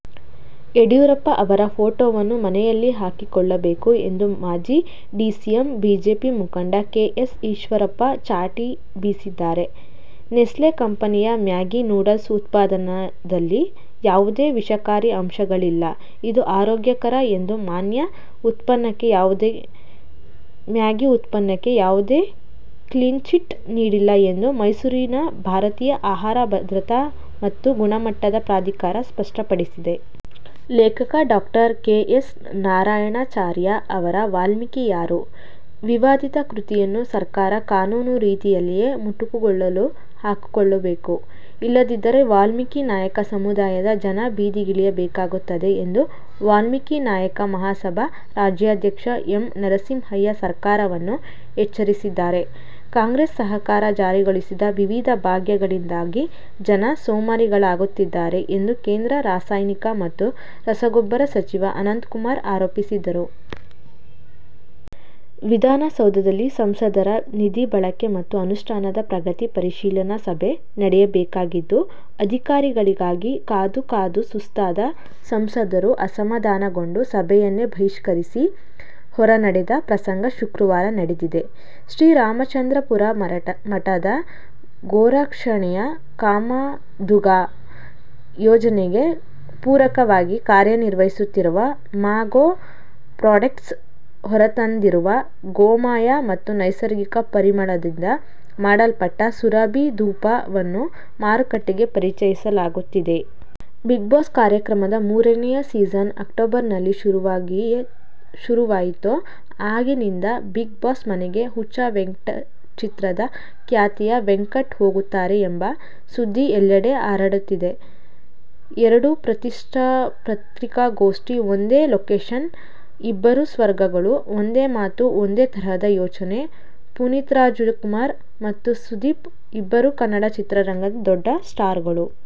ಯಡಿಯೂರಪ್ಪ ಅವರ ಫೋಟೊವನ್ನು ಮನೆಯಲ್ಲಿ ಹಾಕಿಕೊಳ್ಳಬೇಕು ಎಂದು ಮಾಜಿ ಡಿಸಿಎಂ, ಬಿಜೆಪಿ ಮುಖಂಡ ಕೆ. ಎಸ್. ಈಶ್ವರಪ್ಪ ಚಾಟಿ ಬೀಸಿದ್ದಾರೆ. ನೆಸ್ಲೆ ಕಂಪನಿಯ ಮ್ಯಾಗಿ ನೂಡಲ್ಸ್ ಉತ್ಪನ್ನದಲ್ಲಿ ಯಾವುದೇ ವಿಷಕಾರಿ ಅಂಶಗಳಿಲ್ಲ, ಇದು ಆರೋಗ್ಯಕಾರಿ ಎಂದು ಮ್ಯಾಗಿ ಉತ್ಪನ್ನಕ್ಕೆ ಯಾವುದೇ ಕ್ಲೀನ್ಚಿಟ್ ನೀಡಿಲ್ಲ ಎಂದು ಮೈಸೂರಿನ ಭಾರತೀಯ ಆಹಾರ ಭದ್ರತೆ ಮತ್ತು ಗುಣಮಟ್ಟದ ಪ್ರಾಧಿಕಾರ ಸ್ಪಷ್ಟಪಡಿಸಿದೆ. ಲೇಖಕ ಡಾ. ಕೆ. ಎಸ್. ನಾರಾಯಣಾಚಾರ್ಯ ಅವರ "ವಾಲ್ಮೀಕಿ ಯಾರು? ' ವಿವಾದಿತ ಕೃತಿಯನ್ನು ಸರ್ಕಾರ ಕಾನೂನು ರೀತಿಯಲ್ಲಿಯೇ ಮುಟ್ಟುಗೋಲು ಹಾಕಿಕೊಳ್ಳಬೇಕು. ಇಲ್ಲದಿದ್ದರೆ ವಾಲ್ಮೀಕಿ ನಾಯಕ ಸಮುದಾಯದ ಜನ ಬೀದಿಗಿಳಿಯಬೇಕಾಗುತ್ತದೆ ಎಂದು ವಾಲ್ಮೀಕಿ ನಾಯಕ ಮಹಾಸಭಾ ರಾಜ್ಯಾಧ್ಯಕ್ಷ ಎಂ. ನರಸಿಂಹಯ್ಯ ಸರ್ಕಾರವನ್ನು ಎಚ್ಚರಿಸಿದ್ದಾರೆ. ಕಾಂಗ್ರೆಸ್ ಸರಕಾರ ಜಾರಿಗೊಳಿಸಿದ ವಿವಿಧ ಭಾಗ್ಯಗಳಿಂದಾಗಿ ಜನ ಸೋಮಾರಿಗಳಾಗುತ್ತಿದ್ದಾರೆ ಎಂದು ಕೇಂದ್ರ ರಾಸಾಯನಿಕ ಮತ್ತು ರಸಗೊಬ್ಬರ ಸಚಿವ ಅನಂತಕುಮಾರ್ ಆರೋಪಿಸಿದರು. ವಿಧಾನಸೌಧದಲ್ಲಿ ಸಂಸದರ ನಿಧಿ ಬಳಕೆ ಮತ್ತು ಅನುಷ್ಠಾನದ ಪ್ರಗತಿ ಪರಿಶೀಲನಾ ಸಭೆ ನಡೆಯಬೇಕಾಗಿದ್ದು, ಅಧಿಕಾರಿಗಳಿಗಾಗಿ ಕಾದು, ಕಾದು ಸುಸ್ತಾದ ಸಂಸದರು ಅಸಮಾಧಾನಗೊಂಡು ಸಭೆಯನ್ನೇ ಬಹಿಷ್ಕರಿಸಿ ಹೊರನಡೆದ ಪ್ರಸಂಗ ಶುಕ್ರವಾರ ನಡೆದಿದೆ. ಶ್ರೀ ರಾಮಚಂದ್ರಾಪುರ ಮಠದ ಗೋರಕ್ಷಣೆಯ ಕಾಮದುಘಾ ಯೋಜನೆಗೆ ಪೂರಕವಾಗಿ ಕಾರ್ಯನಿರ್ವಹಿಸುತ್ತಿರುವ ಮಾ ಗೋ ಪ್ರಾಡೆಕ್ಟ್ ಹೊರತಂದಿರುವ ಗೋಮಯ ಮತ್ತು ನೈಸರ್ಗಿಕ ಪರಿಮಳದಿಂದ ಮಾಡಲ್ಪಟ್ಟ "ಸುರಭಿ ಧೂಪ'ವನ್ನು ಮಾರುಕಟ್ಟೆಗೆ ಪರಿಚಯಿಸಲಾಗುತ್ತಿದೆ. "ಬಿಗ್ ಬಾಸ್' ಕಾರ್ಯಕ್ರಮದ ಮೂರನೆಯ ಸೀಸನ್ ಅಕ್ಟೋಬರ್ನಲ್ಲಿ ಶುರುವಾಯಿತೋ, ಆಗಿನಿಂದ "ಬಿಗ್ ಬಾಸ್' ಮನೆಗೆ "ಹುಚ್ಚ ವೆಂಕಟ್' ಚಿತ್ರದ ಖ್ಯಾತಿಯ ವೆಂಕಟ್ ಹೋಗುತ್ತಾರೆ ಎಂಬ ಸುದ್ದಿ ಎಲ್ಲೆಡೆ ಹರಡಿದೆ. ಎರಡು ಪತ್ರಿಕಾಗೋಷ್ಠಿ. ಒಂದೇ ಲೊಕೇಷನ್. ಇಬ್ಬರು ಸ್ಟಾರ್ಗಳು. ಒಂದೇ ಮಾತು. ಒಂದೇ ತರಹದ ಯೋಚನೆ! ಪುನೀತ್ರಾಜ್ಕುಮಾರ್ ಮತ್ತು ಸುದೀಪ್ ಇಬ್ಬರೂ ಕನ್ನಡ ಚಿತ್ರರಂಗದ ದೊಡ್ಡ ಸ್ಟಾರ್ಗಳು.